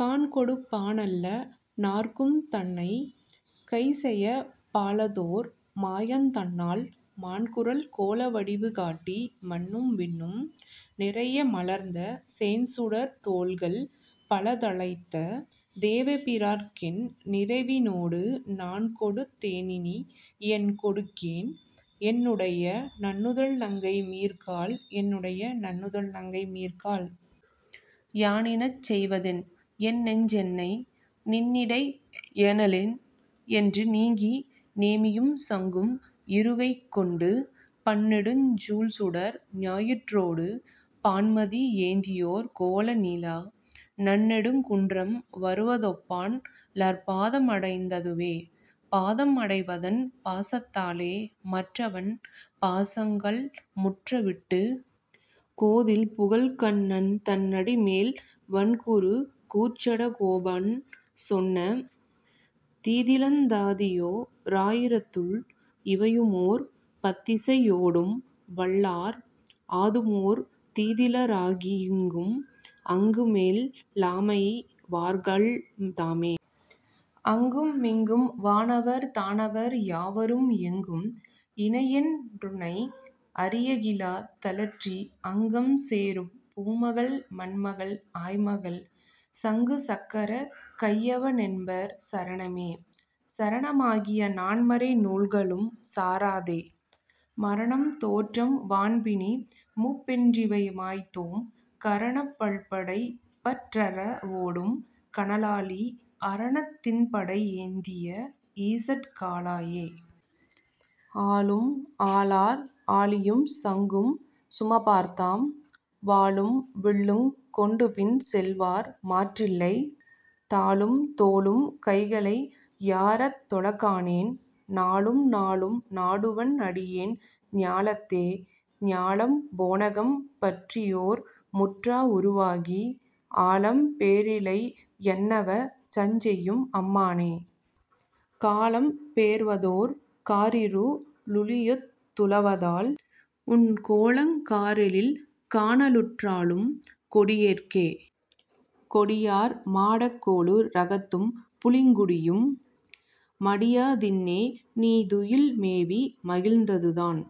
காண்கொடுப் பானல்ல னார்க்கும் தன்னைக்। கைசெயப் பாலதோர் மாயந் தன்னால், மாண்குறல் கோல வடிவு காட்டி மண்ணும் விண்ணும் நிறைய மலர்ந்த, சேண்சுடர்த் தோள்கள் பலத ழைத்த தேவ பிராற்கென் நிரைவினோடு, நாண்கொடுத் தேனினி யென்கொடுக்கேன் என்னுடை நன்னுதல் நங்கை மீர்காள்.. என்னுடை நன்னுதல் நங்கை மீர்காள். யானினச் செய்வதென்? என்நெஞ் சென்னை, நின்னிடை யேனல்லேன் என்று நீங்கி நேமியும் சங்கும் இருகைக் கொண்டு, பன்னெடுஞ் சூழ்சுடர் ஞாயிற் றோடு பான்மதி ஏந்தியொர் கோல நீல, நன்னெடுங் குன்றம் வருவ தொப்பான் லர்ப்பா தமடைந் ததுவே. பாதம் அடைவதன் பாசத் தாலே மற்றவன் பாசங்கள் முற்ற விட்டு, கோதில் புகழ்க்கண் ணன்தன் னடிமேல் வண்குரு கூர்ச்சட கோபன் சொன்ன, தீதிலந்தாதியோ ராயி ரத்துள் இவையுமோர் பத்திசை யோடும் வல்லார், ஆதுமோர் தீதில ராகி யிங்கும் அங்குமெல் லாமமை வார்கள் தாமே. அங்கு மிங்கும் வானவர் தானவர் யாவரும், எங்கும் இனையையென் றுன்னை அறியகிலா தலற்றி, அங்கம் சேரும் பூமகள் மண்மகள் ஆய்மகள், சங்கு சக்கரக் கையவ னென்பர் சரணமே.. சரண மாகிய நான்மறை நூல்களும் சாராதே, மரணம் தோற்றம் வான்பிணி மூப்பென் றிவைமாய்த்தோம், கரணப் பல்படை பற்றற வோடும் கனலாழி, அரணத் திண்படை யேந்திய ஈசற் காளாயே.. ஆளும் ஆளார் ஆழியும் சங்கும் சுமப்பார்தாம், வாளும் வில்லுங் கொண்டுபின் செல்வார் மாற்றில்லை, தாளும் தோளும் கைகளை யாரத் தொழக்காணேன், நாளும் நாளும் நாடுவன் அடியேன் ஞாலத்தே.. ஞாலம் போனகம் பற்றியோர் முற்றா வுருவாகி, ஆலம் பேரிலை யன்னவ சஞ்செய்யும் அம்மானே, காலம் பேர்வதோர் காரிரு ளுழியொத் துளதால், உன் கோலங் காரேழில் காணலுற் றாழும் கொடியேற்கே.. கொடியார் மாடக் கோளு ரகத்தும் புளிங்குடியும், மடியா தின்னே நீதுயில் மேவி மகிழ்ந்ததுதான்,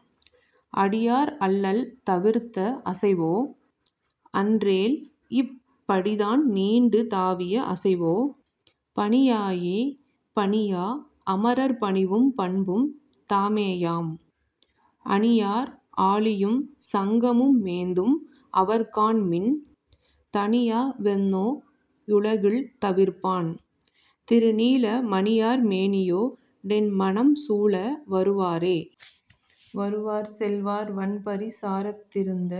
அடியார் அல்லல் தவிர்த்த அசைவோ? அன்றேல், இப் படிதான் நீண்டு தாவிய அசைவோ? பணியாயே.. பணியா அமரர் பணிவும் பண்பும் தாமேயாம், அணியார் ஆழியும் சங்கமு மேந்தும் அவர்காண்மின், தணியா வெந்நோ யுலகில் தவிர்ப்பான், திருநீல மணியார் மேனியோ டென்மனம் சூழ வருவாரே.. வருவார் செல்வார் வண்பரி சாரத் திருந்த,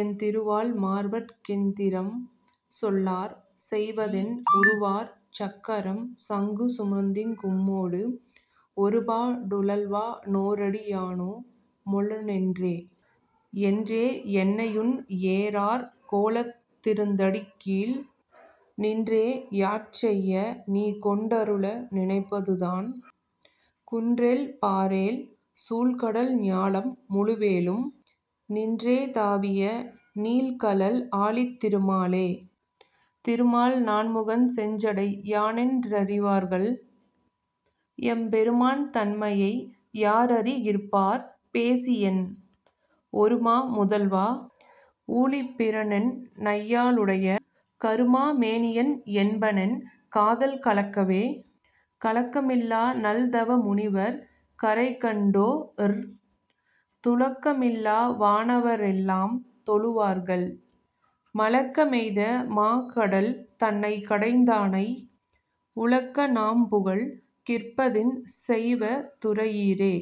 என் திருவாழ் மார்வற் கென்திறம் சொல்லார் செய்வதென், உருவார் சக்கரம் சங்கு சுமந்திங் கும்மோடு, ஒருபா டுழல்வா னோரடி யானு முளனென்றே.. என்றே யென்னையுன் ஏரார் கோலத் திருந்தடிக்கீழ், நின்றே யாட்செய்ய நீகொண் டருள நினைப்பதுதான், குன்றெழ் பாரேழ் சூழ்கடல் ஞாலம் முழுவேழும், நின்றே தாவிய நீள்கழல் ஆழித் திருமாலே.. திருமால் நான்முகன் செஞ்சடை யானென் றிவர்கள், எம் பெருமான் தன்மையை யாரறி கிற்பார் பேசியென், ஒருமா முதல்வா. ஊழிப் பிரானென் னையாளுடை, கருமா மேனியன் என்பனென் காதல் கலக்கவே.. கலக்க மில்லா நல்தவ முனிவர் கரைகண்டோ ர், துளக்க மில்லா வானவ ரெல்லாம் தொழுவார்கள், மலக்க மெய்த மாகடல் தன்னைக் கடைந்தானை, உலக்க நாம்புகழ் கிற்பதென் செய்வ துரையீரே.